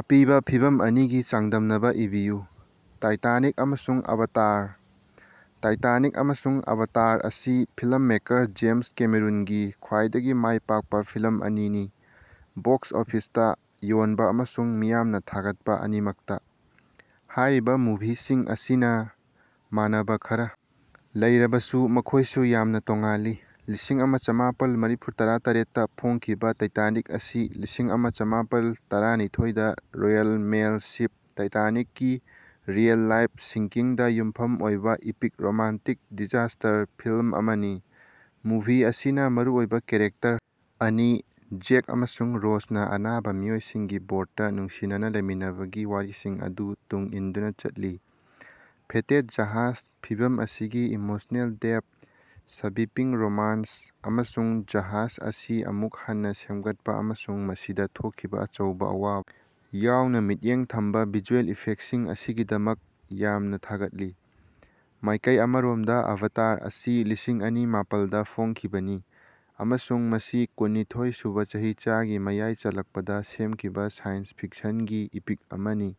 ꯑꯄꯤꯕ ꯐꯤꯚꯝ ꯑꯅꯤꯒꯤ ꯆꯥꯡꯗꯝꯅꯕ ꯏꯕꯤꯌꯨ꯫ ꯇꯥꯏꯇꯥꯅꯤꯛ ꯑꯃꯁꯨꯡ ꯑꯚꯥꯇꯔ꯫ ꯇꯥꯏꯇꯥꯅꯤꯛ ꯑꯃꯁꯨꯡ ꯑꯚꯥꯇꯔ ꯑꯁꯤ ꯐꯤꯂꯝ ꯃꯦꯀꯔ ꯖꯦꯝꯁ ꯀꯦꯃꯦꯔꯟꯒꯤ ꯈ꯭ꯕꯥꯏꯗꯒꯤ ꯃꯥꯏ ꯄꯥꯛꯄ ꯐꯤꯂꯝ ꯑꯅꯤꯅꯤ, ꯕꯣꯛꯁ ꯑꯣꯐꯤꯁꯇ ꯌꯣꯟꯕ ꯑꯃꯁꯨꯡ ꯃꯤꯌꯥꯝꯅ ꯊꯥꯒꯠꯄ ꯑꯅꯤꯃꯛꯇ꯫ ꯍꯥꯏꯔꯤꯕ ꯃꯨꯚꯤꯁꯤꯡ ꯑꯁꯤꯅ ꯃꯥꯟꯅꯕ ꯈꯔ ꯂꯩꯔꯕꯁꯨ ꯃꯈꯣꯏꯁꯨ ꯌꯥꯝꯅ ꯇꯣꯉꯥꯜꯂꯤ꯫ ꯂꯤꯁꯤꯡ ꯑꯃ ꯆꯝꯃꯥꯄꯜ ꯃꯔꯤꯐꯨꯇꯔꯥ ꯇꯔꯦꯠ ꯇ ꯐꯣꯡꯈꯤꯕ ꯇꯥꯏꯇꯥꯅꯤꯛ ꯑꯁꯤ ꯂꯤꯁꯤꯡꯑꯃ ꯆꯝꯃꯥꯄꯜ ꯇꯔꯥꯅꯤꯊꯣꯏ ꯗ ꯔꯣꯌꯜ ꯃꯦꯜ ꯁꯤꯞ ꯇꯥꯏꯇꯥꯅꯤꯛꯀꯤ ꯔꯤꯑꯦꯜ-ꯂꯥꯏꯐ ꯁꯤꯡꯀꯤꯡꯗ ꯌꯨꯝꯐꯝ ꯑꯣꯏꯕ ꯏꯄꯤꯛ ꯔꯣꯃꯥꯟꯇꯤꯛ ꯗꯤꯖꯥꯁꯇꯔ ꯐꯤꯜꯂꯝ ꯑꯃꯅꯤ, ꯃꯨꯚꯤ ꯑꯁꯤꯅ ꯃꯔꯨꯑꯣꯏꯕ ꯀꯦꯔꯦꯛꯇꯔ ꯑꯅꯤ ꯖꯦꯛ ꯑꯃꯁꯨꯡ ꯔꯣꯖꯅ ꯑꯅꯥꯕ ꯃꯤꯑꯣꯏꯁꯤꯡꯒꯤ ꯕꯣꯔꯗꯇ ꯅꯨꯡꯁꯤꯅꯅ ꯂꯩꯃꯤꯟꯅꯕꯒꯤ ꯋꯥꯔꯤꯁꯤꯡ ꯑꯗꯨ ꯇꯨꯡ ꯏꯟꯗꯨꯅ ꯆꯠꯂꯤ꯫ ꯐꯦꯇꯦꯗ ꯖꯍꯥꯖ꫰ ꯐꯤꯜꯝ ꯑꯁꯤꯒꯤ ꯏꯃꯣꯁꯅꯦꯜ ꯗꯦꯞ, ꯁ꯭ꯕꯤꯄꯤꯡ ꯔꯣꯃꯥꯅꯟꯁ, ꯑꯃꯁꯨꯡ ꯖꯍꯥꯖ ꯑꯁꯤ ꯑꯃꯨꯛ ꯍꯟꯅ ꯁꯦꯃꯒꯠꯄ ꯑꯃꯁꯨꯡ ꯃꯁꯤꯗ ꯊꯣꯛꯈꯤꯕ ꯑꯆꯧꯕ ꯑꯋꯥꯕ ꯌꯥꯑꯣꯅ ꯃꯤꯠꯌꯦꯡ ꯊꯝꯕ ꯚꯤꯖꯨꯑꯦꯜ ꯏꯐꯦꯛꯁꯤꯡ ꯑꯁꯤꯒꯤꯗꯃꯛ ꯌꯥꯝꯅ ꯊꯥꯒꯠꯂꯤ꯫ ꯃꯥꯏꯀꯩ ꯑꯃꯔꯣꯃꯗ ꯑꯚꯇꯥꯔ ꯑꯁꯤ ꯂꯤꯁꯤꯡ ꯑꯅꯤ ꯃꯄꯥꯜ ꯗ ꯐꯣꯡꯈꯤꯕꯅꯤ ꯑꯃꯁꯨꯡ ꯃꯁꯤ ꯀꯨꯟꯅꯤꯊꯣꯏ ꯁꯨꯕ ꯆꯍꯤꯆꯥꯒꯤ ꯃꯌꯥꯏ ꯆꯜꯂꯛꯄꯗ ꯁꯦꯝꯈꯤꯕ ꯁꯥꯏꯟꯁ ꯐꯤꯛꯁꯟꯒꯤ ꯏꯄꯤꯛ ꯑꯃꯅꯤ꯫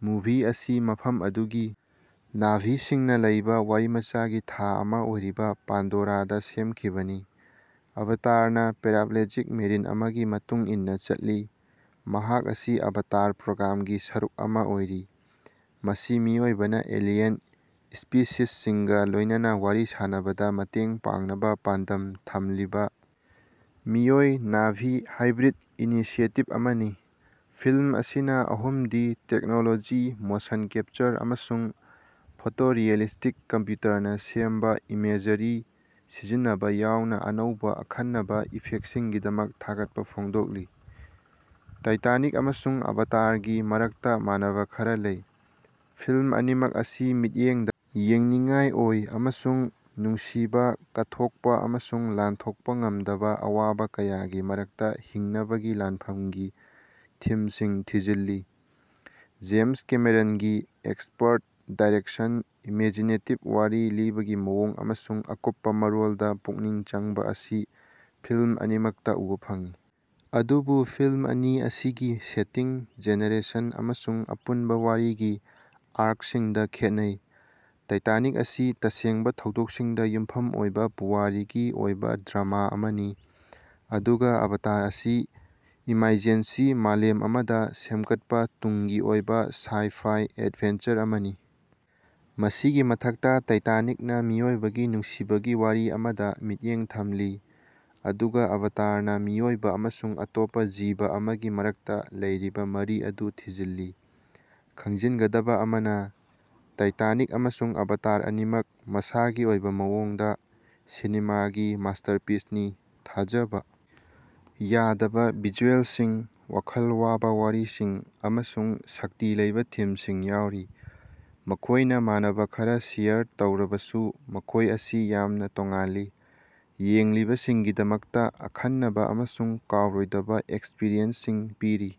ꯃꯨꯚꯤ ꯑꯁꯤ ꯃꯐꯝ ꯑꯗꯨꯒꯤ ꯅꯥ'ꯚꯤꯁꯤꯡꯅ ꯂꯩꯕ ꯋꯥꯔꯤꯃꯆꯥꯒꯤ ꯊꯥ ꯑꯃ ꯑꯣꯏꯔꯤꯕ ꯄꯥꯟꯗꯣꯔꯥꯗ ꯁꯦꯝꯈꯤꯕꯅꯤ꯫ ꯑꯚꯥꯇꯥꯔꯅ ꯄꯦꯔꯥꯞꯂꯦꯖꯤꯛ ꯃꯦꯔꯤꯟ ꯑꯃꯒꯤ ꯃꯇꯨꯡ ꯏꯟꯅ ꯆꯠꯂꯤ, ꯃꯍꯥꯛ ꯑꯁꯤ ꯑꯚꯥꯇꯥꯔ ꯄ꯭ꯔꯣꯒ꯭ꯔꯥꯝꯒꯤ ꯁꯔꯨꯛ ꯑꯃ ꯑꯣꯏꯔꯤ, ꯃꯁꯤ ꯃꯤꯑꯣꯏꯕꯅ ꯑꯦꯂꯤꯌꯟ ꯁ꯭ꯄꯤꯁꯤꯁꯁꯤꯡꯒ ꯂꯣꯏꯅꯅ ꯋꯥꯔꯤ ꯁꯥꯅꯕꯗ ꯃꯇꯦꯡ ꯄꯥꯡꯅꯕ ꯄꯥꯟꯗꯝ ꯊꯝꯂꯤꯕ ꯃꯤꯑꯣꯏ-ꯅꯥ'ꯚꯤ ꯍꯥꯏꯕ꯭ꯔꯤꯗ ꯏꯅꯤꯁꯤꯌꯦꯇꯤꯚ ꯑꯃꯅꯤ꯫ ꯐꯤꯜꯝ ꯑꯁꯤꯅ ꯑꯍꯨꯝꯗꯤ ꯇꯦꯛꯅꯣꯂꯣꯖꯤ, ꯃꯣꯁꯟ ꯀꯦꯞꯆꯔ, ꯑꯃꯁꯨꯡ ꯐꯣꯇꯣꯔꯤꯑꯦꯂꯤꯁꯇꯤꯛ ꯀꯝꯄ꯭ꯌꯨꯇꯔꯅ ꯁꯦꯝꯕ ꯏꯃꯦꯖ꯭ꯔꯤ ꯁꯤꯖꯤꯟꯅꯕ ꯌꯥꯎꯅ ꯑꯅꯧꯕ ꯑꯈꯟꯅꯕ ꯏꯐꯦꯛꯁꯤꯡꯒꯤꯗꯃꯛ ꯊꯥꯒꯠꯄ ꯐꯣꯡꯗꯣꯛꯂꯤ꯫ ꯇꯥꯏꯇꯥꯅꯤꯛ ꯑꯃꯁꯨꯡ ꯑꯚꯥꯇꯥꯔꯒꯤ ꯃꯔꯛꯇ ꯃꯥꯟꯅꯕ ꯈꯔ ꯂꯩ꯫ ꯐꯤꯜꯝ ꯑꯅꯤꯃꯛ ꯑꯁꯤ ꯃꯤꯠꯌꯦꯡꯗ ꯌꯦꯡꯅꯤꯡꯉꯥꯏ ꯑꯣꯏ ꯑꯃꯁꯨꯡ ꯅꯨꯡꯁꯤꯕ, ꯀꯠꯊꯣꯛꯄ ꯑꯃꯁꯨꯡ ꯂꯥꯟꯊꯣꯛꯄ ꯉꯝꯗꯕ ꯑꯋꯥꯕ ꯀꯌꯥꯒꯤ ꯃꯔꯛꯇ ꯍꯤꯡꯅꯕꯒꯤ ꯂꯥꯟꯐꯝꯒꯤ ꯊꯤꯝꯁꯤꯡ ꯊꯤꯖꯤꯜꯂꯤ꯫ ꯖꯦꯝꯁ ꯀꯦꯃꯦꯔꯟꯒꯤ ꯑꯦꯛꯁꯄꯔꯠ ꯗꯥꯏꯔꯦꯛꯁꯟ, ꯏꯃꯦꯖꯤꯅꯦꯇꯤꯚ ꯋꯥꯔꯤ ꯂꯤꯕꯒꯤ ꯃꯑꯣꯡ ꯑꯃꯁꯨꯡ ꯑꯀꯨꯞꯄ ꯃꯔꯣꯜꯗ ꯄꯨꯛꯅꯤꯡ ꯆꯪꯕ ꯑꯁꯤ ꯐꯤꯜꯝ ꯑꯅꯤꯃꯛꯇ ꯎꯕ ꯐꯪꯏ꯫ ꯑꯗꯨꯕꯨ ꯐꯤꯜꯝ ꯑꯅꯤ ꯑꯁꯤꯒꯤ ꯁꯦꯇꯤꯡ, ꯖꯦꯅꯔꯦꯁꯟ ꯑꯃꯁꯨꯡ ꯑꯄꯨꯟꯕ ꯋꯥꯔꯤꯒꯤ ꯑꯥꯔꯛꯁꯤꯡꯗ ꯈꯦꯠꯅꯩ꯫ ꯇꯥꯏꯇꯥꯅꯤꯛ ꯑꯁꯤ ꯇꯁꯦꯡꯕ ꯊꯧꯗꯣꯛꯁꯤꯡꯗ ꯌꯨꯝꯐꯝ ꯑꯣꯏꯕ ꯄꯨꯋꯥꯔꯤꯒꯤ ꯑꯣꯏꯕ ꯗ꯭ꯔꯃꯥ ꯑꯃꯅꯤ, ꯑꯗꯨꯒ ꯑꯚꯥꯇꯥꯔ ꯑꯁꯤ ꯏꯃꯥꯏꯖꯦꯟꯁꯤ ꯃꯥꯂꯦꯝ ꯑꯃꯗ ꯁꯦꯝꯒꯠꯄ ꯇꯨꯡꯒꯤ ꯑꯣꯏꯕ ꯁꯥꯏ-ꯐꯥꯏ ꯑꯦꯗꯚꯦꯟꯆꯔ ꯑꯃꯅꯤ꯫ ꯃꯁꯤꯒꯤ ꯃꯊꯛꯇ ꯇꯥꯏꯇꯅꯤꯛꯅ ꯃꯤꯑꯣꯏꯕꯒꯤ ꯅꯨꯡꯁꯤꯕꯒꯤ ꯋꯥꯔꯤ ꯑꯃꯗ ꯃꯤꯠꯌꯦꯡ ꯊꯝꯂꯤ, ꯑꯗꯨꯒ ꯑꯚꯥꯇꯥꯔꯅ ꯃꯤꯑꯣꯏꯕ ꯑꯃꯁꯨꯡ ꯑꯇꯣꯞꯄ ꯖꯤꯕ ꯑꯃꯒꯤ ꯃꯔꯛꯇ ꯂꯩꯔꯤꯕ ꯃꯔꯤ ꯑꯗꯨ ꯊꯤꯖꯤꯜꯂꯤ꯫ ꯈꯪꯖꯤꯟꯒꯗꯕ ꯑꯃꯅ, ꯇꯥꯏꯇꯥꯅꯤꯛ ꯑꯃꯁꯨꯡ ꯑꯚꯥꯇꯥꯔ ꯑꯅꯤꯃꯛ ꯃꯁꯥꯒꯤ ꯑꯣꯏꯕ ꯃꯑꯣꯡꯗ ꯁꯤꯅꯦꯃꯥꯒꯤ ꯃꯁꯇꯔꯄꯤꯁꯅꯤ, ꯊꯥꯖꯕ ꯌꯥꯗꯕ ꯚꯤꯖꯨꯑꯦꯜꯁꯤꯡ, ꯋꯥꯈꯜ ꯋꯥꯕ ꯋꯥꯔꯤꯁꯤꯡ, ꯑꯃꯁꯨꯡ ꯁꯛꯇꯤ ꯂꯩꯕ ꯊꯤꯝꯁꯤꯡ ꯌꯥꯎꯔꯤ꯫ ꯃꯈꯣꯏꯅ ꯃꯥꯟꯅꯕ ꯈꯔ ꯁꯦꯌꯔ ꯇꯧꯔꯕꯁꯨ, ꯃꯈꯣꯏ ꯑꯁꯤ ꯌꯥꯝꯅ ꯇꯣꯉꯥꯜꯂꯤ, ꯌꯦꯡꯂꯤꯕꯁꯤꯡꯒꯤꯗꯃꯛꯇ ꯑꯈꯟꯅꯕ ꯑꯃꯁꯨꯡ ꯀꯥꯎꯔꯣꯏꯗꯕ ꯑꯦꯛꯁꯄꯔꯤꯌꯦꯟꯁꯁꯤꯡ ꯄꯤꯔꯤ꯫